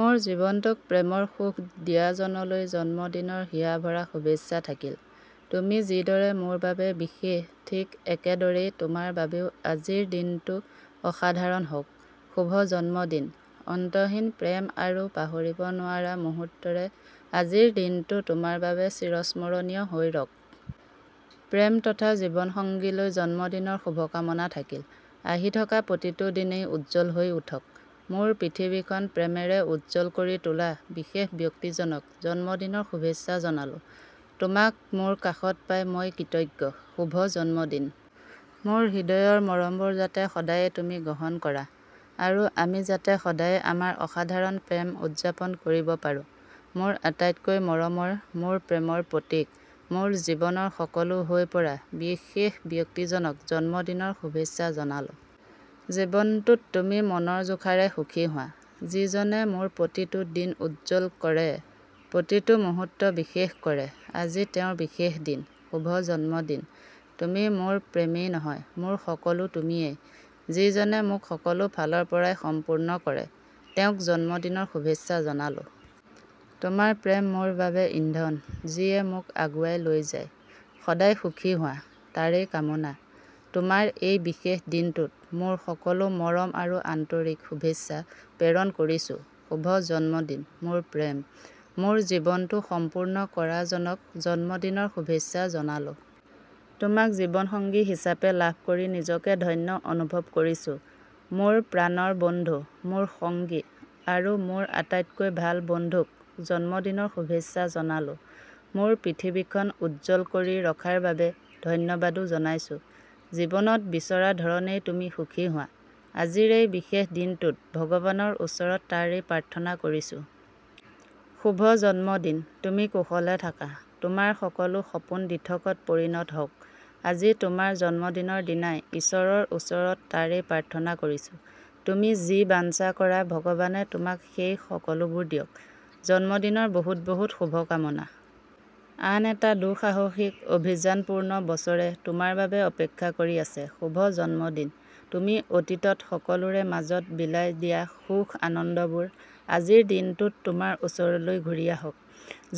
মোৰ জীৱনটোক প্ৰেমৰ সুখ দিয়াজনলৈ জন্মদিনৰ হিয়াভৰা শুভেচ্ছা থাকিল। তুমি যিদৰে মোৰ বাবে বিশেষ, ঠিক একেদৰেই তোমাৰ বাবেও আজিৰ দিনটো অসাধাৰণ হওঁক। শুভ জন্মদিন। অন্তহীন প্ৰেম আৰু পাহৰিব নোৱাৰা মুহূৰ্তৰে আজিৰ দিনটো তোমাৰ বাবে চিৰস্মৰণীয় হৈ ৰওঁক। প্ৰেম তথা জীৱন সংগীলৈ জন্মদিনৰ শুভকামনা থাকিল। আহি থকা প্ৰতিটো দিনেই উজ্জ্বল হৈ উঠক। মোৰ পৃথিৱীখন প্ৰেমেৰে উজ্জ্বল কৰি তোলা বিশেষ ব্যক্তিজনক জন্মদিনৰ শুভেচ্ছা জনালো। তোমাক মোৰ কাষত পাই মই কৃতজ্ঞ। শুভ জন্মদিন। মোৰ হৃদয়ৰ মৰমবোৰ যাতে সদায়েই তুমি গ্ৰহণ কৰা আৰু আমি যাতে সদায়েই আমাৰ অসাধাৰণ প্ৰেম উদযাপন কৰিব পাৰো। মোৰ আটাইতকৈ মৰমৰ, মোৰ প্ৰেমৰ প্ৰতীক, মোৰ জীৱনৰ সকলো হৈ পৰা বিশেষ ব্যক্তিগৰাকীক জন্মদিনৰ শুভেচ্ছা জনালো। জীৱনটোত তুমি মনৰ জোখাৰে সুখী হোৱা। যিজনে মোৰ প্ৰতিটো দিন উজ্জ্বল কৰে, প্ৰতিটো মুহূৰ্ত বিশেষ কৰে, আজি তেওঁৰ বিশেষ দিন। শুভ জন্মদিন! তুমি মোৰ প্ৰেমেই নহয়, মোৰ সকলো তুমিয়েই। যিজনে মোক সকলো ফালৰ পৰাই সম্পূৰ্ণ কৰে, তেওঁক জন্মদিনৰ শুভেচ্ছা জনালো। তোমাৰ প্ৰেম মোৰ বাবে ইন্ধন, যিয়ে মোক আগুৱাই লৈ যায়। সদায় সুখী হোৱা, তাৰেই কামনা। তোমাৰ এই বিশেষ দিনটোত মোৰ সকলো মৰম আৰু আন্তৰিক শুভেচ্ছা প্ৰেৰণ কৰিছো। শুভ জন্মদিন, মোৰ প্ৰেম! মোৰ জীৱনটো সম্পূৰ্ণ কৰাজনক জন্মদিনৰ শুভেচ্ছা জনালো। তোমাক জীৱন সংগী হিচাপে লাভ কৰি নিজকে ধন্য অনুভৱ কৰিছো। মোৰ প্ৰাণৰ বন্ধু, মোৰ সংগী আৰু মোৰ আটাইতকৈ ভাল বন্ধুক জন্মদিনৰ শুভেচ্ছা জনালো। মোৰ পৃথিৱীখন উজ্জ্বল কৰি ৰখাৰ বাবে ধন্যবাদো জনাইছো। জীৱনত বিচৰা ধৰণৰেই তুমি সুখী হোৱা, আজি এই বিশেষ দিনটোত ভগৱানৰ ওচৰত তাৰেই প্ৰাৰ্থনা কৰিছো। শুভ জন্মদিন! তুমি কুশলে থাকা। তোমাৰ সকলো সপোন দিঠকত পৰিণত হওঁক। আজি তোমাৰ জন্মদিনৰ দিনাই ইশ্বৰৰ ওচৰত তাৰেই প্ৰাৰ্থনা কৰিছো। তুমি যি বাঞ্চা কৰা, ভগৱানে তোমাক সেই সকলোবোৰ দিয়ক। জন্মদিনৰ বহুত বহুত শুভকামনা। আন এটা দুঃসাহসিক অভিযানপূৰ্ণ বছৰে তোমাৰ বাবে অপেক্ষা কৰি আছে। শুভ জন্মদিন। তুমি অতীতত সকলোৰে মাজত বিলাই দিয়া সুখ-আনন্দবোৰ আজিৰ দিনটোত তোমাৰ ওচৰলৈ ঘূৰি আহক।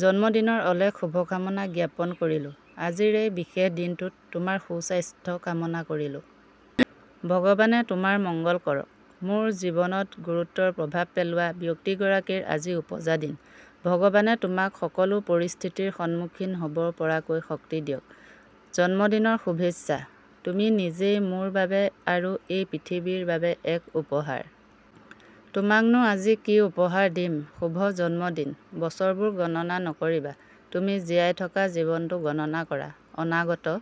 জন্মদিনৰ অলেখ শুভকামনা জ্ঞাপন কৰিলো। আজিৰ এই বিশেষ দিনটোত তোমাৰ সুস্বাস্থ্য কামনা কৰিলো। ভগৱানে তোমাৰ মংগল কৰক। মোৰ জীৱনত গুৰুতৰ প্ৰভাৱ পেলোৱা ব্যক্তিগৰাকীৰ আদি ওপজা দিন। ভগৱানে তোমাক সকলো পৰিস্থিতিৰ সন্মুখীন হ'ব পৰাকৈ শক্তি দিয়ক। জন্মদিনৰ শুভেচ্ছা! তুমি নিজেই মোৰ বাবে আৰু এই পৃথিৱীৰ বাবে এক উপহাৰ। তোমাকনো আজি কি উপহাৰ দিম! শুভ জন্মদিন। বছৰবোৰ গণনা নকৰিবা, তুমি জীয়াই থকা জীৱনটো গণনা কৰা। অনাগত